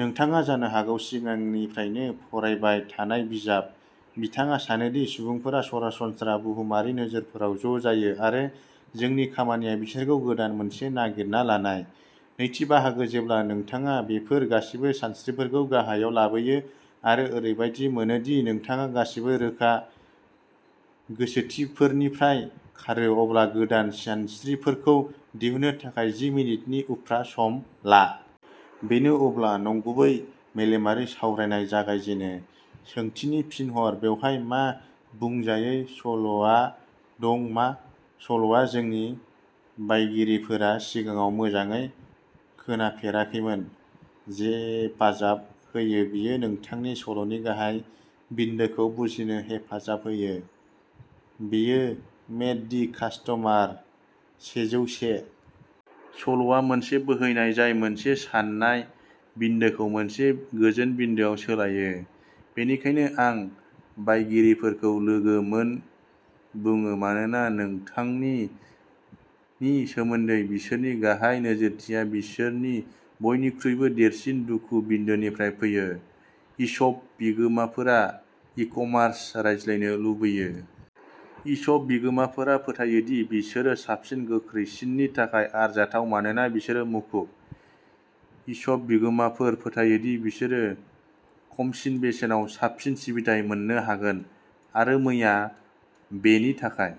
नोंथाङा जानो हागौ सिगांनिफ्रायनो फरायबाय थानाय बिजाब। बिथाङा सानो दि सुबुंफोरा सरासनस्रा बुहुमारि नोजोरफोराव ज' जायो आरो जोंनि खामानिया बिसोरखौ गोदान मोनसे नागिरना लानाय। नैथि बाहागो जेब्ला नोंथाङा बैफोर गासैबो सानस्रिफोरखौ गाहायाव लाबोयो आरो ओरैबायदि मोनो दि नोंथाङा गासैबो रोखा गोसोथिफोरनिफ्राय खारो, अब्ला गोदान सानस्रिफोरखौ दिहुननो थाखाय जि मिनिटनि उफ्रा सम ला। बेनो अब्ला नंगुबै मेलेमारि सावरायनाय जागायजेनो। सोंथिनि फिन हर बेवहाय मा बुंजायै सल'आ दं मा सल'आ जोंनि बायगिरिफोरा सिगाङाव मोजाङै खोनाफेराखैमोन हेफाजाब होयो बेयो नोंथांनि सल'नि गाहाय बिन्दोखौ बुजिनो हेफाजाब होयो। बेयो मेट दि कास्ट'मार सेजौसे। सल'आ मोनसे बोहैनाय जाय मोनसे सानाय बिन्दोखौ मोनसे गोजोन बिन्दोआव सोलायो। बेनिखायनो आं बायगिरिफोरखौ लोगो मोन बुङो मानोना नोंथांनि नि सोमोन्दै बिसोरनि गाहाय नोजोरथिया बिसोरनि बयनिख्रुइबो देरसिन दुखु-बिन्दोनिफ्राय फैयो। इशप बिगोमाफोरा इक'मारस रायज्लायनो लुबैयो। इशप बिगोमाफोरा फोथायो दि बिसोरो साबसिन, गोख्रैसिननि थाखाय आरजाथाव मानोना बिसोरो मुखुब। इशप बिगोमाफोर फोथायो दि बिसोर खमसिन बेसेनाव साबसिन सिबिथाइ मोन्नो हागोन। आरो मैया, बेनि थाखाय।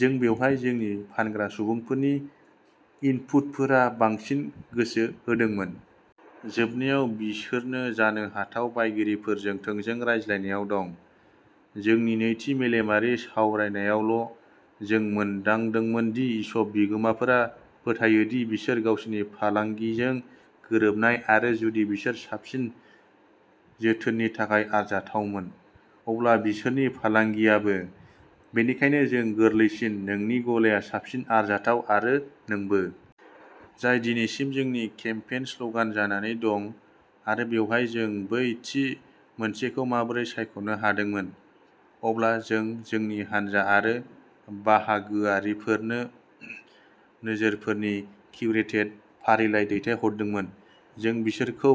जों बेवहाय जोंनि फानग्रा सुबुंफोरनि इनपुटफोराव बांसिन गोसो होदोंमोन। जोबनायाव, बिसोरनो जानो हाथाव बायगिरिफोरजों थोंजों रायज्लायनायाव दं। जोंनि नैथि मेलेमारि सावरायनायावल'जों मोनदांदोंमोन दि इशप बिगोमाफोरा फोथायो दि बिसोर गावसोरनि फालांगिजों गोरोबनाय आरो जुदि बिसोर साबसिन जोथोननि थाखाय आरजाथावमोन, अब्ला बिसोरनि फालांगियाबो। बेनिखायनो, जों गोरलैसिन नोंनि गलाया साबसिन आरजाथाव, आरो नोंबो। जाय दिनैसिम जोंनि केम्पेइन स्ल'गान जानानै दं आरो बेवहाय जों बै थि मोनसेखौ माबोरै सायख'नो हादोंमोन। अब्ला, जों जोंनि हानजा आरो बाहागोआरिफोरनो नोजोरफोरनि किउरेटेड फारिलाइ दैथायहरदोंमोन। जों बिसोरखौ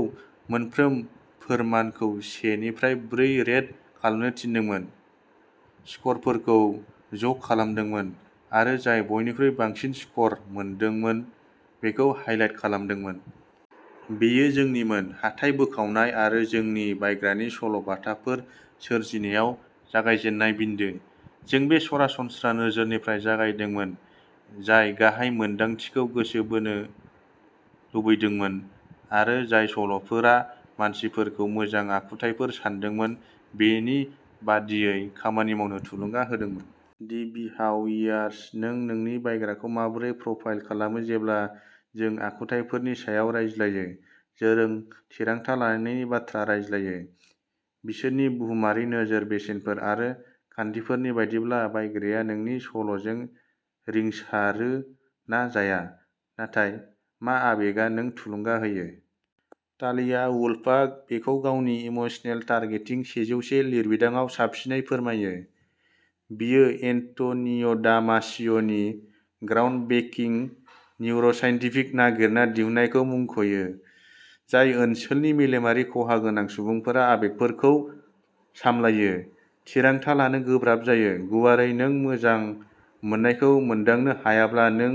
मोनफ्रोम फोरमानखौ से निफ्राय ब्रैे रेट खालामनो थिनदोंमोन, स्करफोरखौ ज' खालामदोंमोन आरो जाय बयनिख्रुइ बांसिन स्कर मोनदोंमोन बेखौ हाइलाइट खालामदोंमोन। बेयो जोंनिमोन हाथाइ बोखावनाय आरो जोंनि बायग्रानि सल' बाथाफोर सोरजिनायाव जागायजेननाय बिन्दो। जों बे सरासनस्रा नोजोरनिफ्राय जागायदोंमोन, जाय गाहाय मोन्दांथिखौ जों गोसो बोनो लुबैदोंमोन आरो जाय सल'फोरा मानसिफोरखौ मोजां आखुथायफोर सान्दोंमोन बिनि बायदियै खामानि मावनो थुलुंगा होदोंमोन। दि बिहावियारस नों नोंनि बायग्राखौ माबोरै प्रफाइल खालामो जेब्ला जों आखुथायफोरनि सायाव रायज्लायो, जों थिरांथा लानायनि बाथ्रा रायज्लायो। बिसोरनि बुहुमारि नोजोर, बेसेनफोर आरो खान्थिफोरनि बायदिब्ला, बायग्राया नोंनि सल'जों रिंसारो ना जाया। नाथाय, मा आबेगआ नों थुलुंगा होयो। तालिया वुल्फआ बेखौ गावनि इमोसनेल टारगेटिंग सेजौसे लिरबिदांआव साबसिनै फोरमायो। बियो एन्ट'निय'दामासिअ'नि ग्राउन्डब्रेकिं निउर'साइन्टिफिक नागिरना दिहुननायखौ मुंख'यो, जाय ओनसोलनि मेलेमारि खहा गोनां सुबुंफोरा आबेगफोरखौ सामलायो, थिरांथा लानो गोब्राब जायो। गुवारै, नों मोजां मोननायखौ मोनदांनो हायाब्ला, नों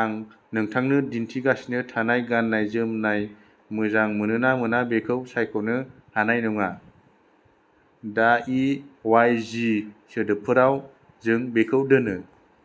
आं नोंथांनो दिन्थिगासिनो थानाय गाननाय जोमनायखौ मोजां मोनो ना मोना बेखौ सायख'नो हानाय नङा। दा ए वाइ जि सोदोबफोराव, जों बेखौ दोनो।